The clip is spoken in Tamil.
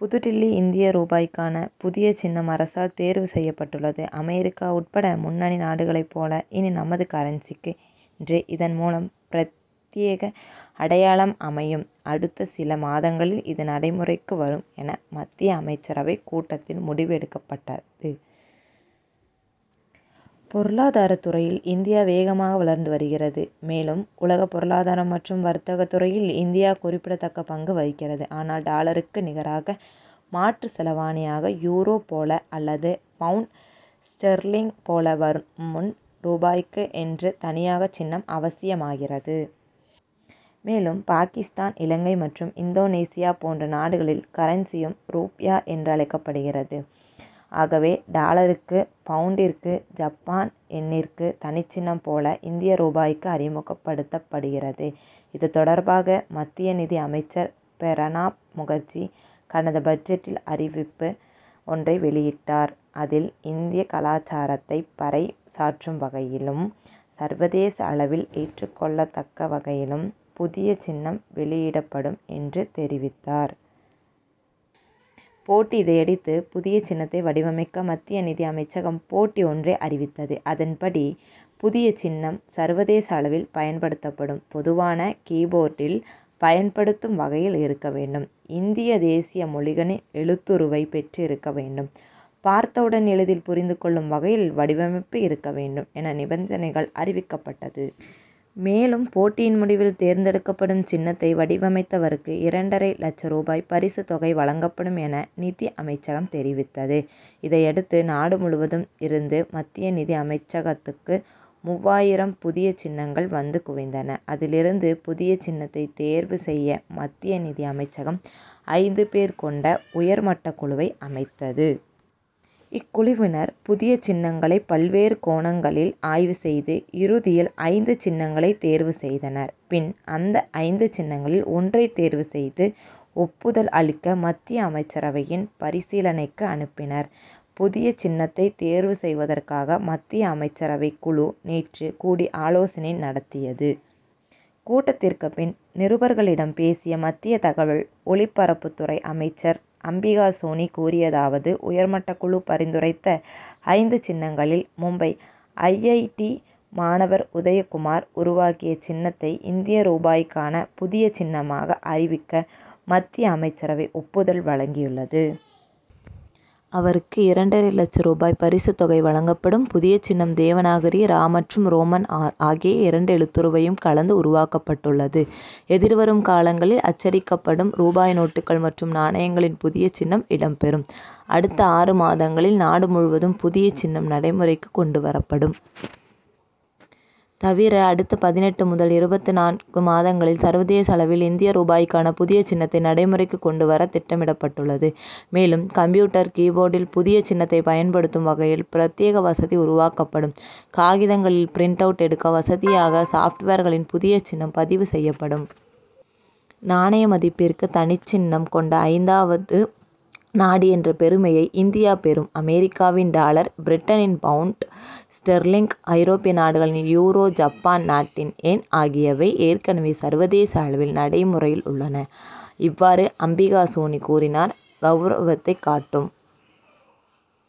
புதுடில்லி இந்திய ரூபாய்க்கான புதிய சின்னம், அரசால் தேர்வு செய்யப்பட்டுள்ளது. அமெரிக்கா உட்பட முன்னணி நாடுகளைப் போல இனி நமது கரன்சிக்கு என்று இதன் மூலம் பிரத்யேக அடையாளம் அமையும் அடுத்த சில மாதங்களில் இது நடைமுறைக்கும் வரும் என, மத்திய அமைச்சரவை கூட்டத்தில் முடிவு எடுக்கப்பட்டது. பொருளாதாரத் துறையில் இந்தியா வேகமாக வளர்ந்து வருகிறது. மேலும், உலக பொருளாதாரம் மற்றும் வர்த்தகத் துறையில் இந்தியா குறிப்பிடத்தக்க பங்கு வகிக்கிறது. ஆனால், டாலருக்கு நிகராக மாற்று செலாவணியாக யூரோ போல அல்லது பவுண்ட் ஸ்டெர்லிங் போல வரும் முன், ரூபாய்க்கு என்று தனியாக சின்னம் அவசியமாகிறது. மேலும் பாகிஸ்தான், இலங்கை மற்றும் இந்தோனேஷியா போன்ற நாடுகளின் கரன்சியும், ரூப்யா என்றழைக்கப்படுகிறது. ஆகவே, டாலருக்கு, பவுண்டிற்கு, ஜப்பான் யென்னிற்கு தனிச்சின்னம் போல இந்திய ரூபாய்க்கு அறிமுகப்படுத்தப்படுகிறது. இது தொடர்பாக, மத்திய நிதி அமைச்சர் பிரணாப் முகர்ஜி, கடந்த பட்ஜெட்டில் அறிவிப்பு ஒன்றை வெளியிட்டார். அதில், இந்திய கலாசாரத்தை பறை சாற்றும் வகையிலும், சர்வதேச அளவில் ஏற்றுக்கொள்ளத்தக்க வகையிலும் புதிய சின்னம் வெளியிடப்படும் என்று தெரிவித்தார். போட்டி இதையடுத்து, புதிய சின்னத்தை வடிவமைக்க மத்திய நிதி அமைச்சகம் போட்டி ஒன்றை அறிவித்தது. அதன்படி புதிய சின்னம், சர்வதேச அளவில் பயன்படுத்தப்படும் பொதுவான கீ-போர்டில் பயன்படுத்தும் வகையில் இருக்க வேண்டும். இந்திய தேசிய மொழிகளின் எழுத்துருவை பெற்றிருக்க வேண்டும்; பார்த்தவுடன் எளிதில் புரிந்து கொள்ளும் வகையில் வடிவமைப்பு இருக்க வேண்டும் என நிபந்தனைகள் அறிவிக்கப்பட்டது. மேலும், போட்டியின் முடிவில் தேர்ந்தேடுக்கப்படும் சின்னத்தை வடிவமைத்தவருக்கு, இரண்டரை லட்ச ரூபாய் பரிசுத் தொகை வழங்கப்படும் என நிதி அமைச்சகம் தெரிவித்தது. இதையடுத்து, நாடு முழுவதும் இருந்து மத்திய நிதி அமைச்சகத்துக்கு மூவாயிரம் புதிய சின்னங்கள் வந்து குவிந்தன. அதிலிருந்து புதிய சின்னத்தை தேர்வு செய்ய மத்திய நிதி அமைச்சகம், ஐந்து பேர் கொண்ட உயர்மட்டக் குழுவை அமைத்தது. இக்குழுவினர், புதிய சின்னங்களை பல்வேறு கோணங்களில் ஆய்வு செய்து, இறுதியில் ஐந்து சின்னங்களை தேர்வு செய்தனர். பின், அந்த ஐந்து சின்னங்களில் ஒன்றை தேர்வு செய்து ஒப்புதல் அளிக்க மத்திய அமைச்சரவையின் பரிசீலனைக்கு அனுப்பினர். புதிய சின்னத்தை தேர்வு செய்வதற்காக மத்திய அமைச்சரவை குழு நேற்று கூடி ஆலோசனை நடத்தியது. கூட்டத்திற்கு பின் நிருபர்களிடம் பேசிய மத்திய தகவல் ஒலிபரப்புத்துறை அமைச்சர் அம்பிகா சோனி கூறியதாவது உயர்மட்டக் குழு பரிந்துரைத்த ஐந்து சின்னங்களில், மும்பை ஐ. ஐ. டி., மாணவர் உதயகுமார் உருவாக்கிய சின்னத்தை இந்திய ரூபாய்க்கான புதிய சின்னமாக அறிவிக்க, மத்திய அமைச்சரவை ஒப்புதல் வழங்கியுள்ளது. அவருக்கு இரண்டரை லட்ச ரூபாய் பரிசுத் தொகை வழங்கப்படும். புதிய சின்னம் தேவநாகிரி, ரா மற்றும் ரோமன் ஆர் ஆகிய இரண்டு எழுத்துருவையும் கலந்து உருவாக்கப்பட்டுள்ளது. எதிர்வரும் காலங்களில் அச்சடிக்கப்படும் ரூபாய் நோட்டுகள் மற்றும் நாணயங்களில் புதிய சின்னம் இடம் பெறும். அடுத்த ஆறு மாதங்களில், நாடு முழுவதும் புதிய சின்னம் நடைமுறைக்கு கொண்டு வரப்படும். தவிர, அடுத்த பதினெட்டு முதல் இருபத்து நான்கு மாதங்களில், சர்வதேச அளவில் இந்திய ரூபாய்க்கான புதிய சின்னத்தை நடைமுறைக்கு கொண்டு வர திட்டமிடப்பட்டுள்ளது. மேலும், கம்ப்யூட்டர் கீ-போர்டில் புதிய சின்னத்தை பயன்படுத்தும் வகையில் பிரத்யேக வசதி உருவாக்கப்படும். காகிதங்களில் பிரின்ட் அவுட் எடுக்க வசதியாக சாப்ட்வேர்களிலும் புதிய சின்னம் பதிவு செய்யப்படும். நாணய மதிப்பிற்கு தனிச்சின்னம் கொண்ட ஐந்தாவது நாடு என்ற பெருமையை இந்தியா பெறும். அமெரிக்காவின் டாலர், பிரிட்டனின் பவுண்ட் ஸ்டெர்லிங், ஐரோப்பிய நாடுகளின் யூரோ, ஜப்பான் நாட்டின் யென் ஆகியவை ஏற்கனவே சர்வதேச அளவில் நடைமுறையில் உள்ளன. இவ்வாறு அம்பிகா சோனி கூறினார். கவுரவத்தைக் காட்டும்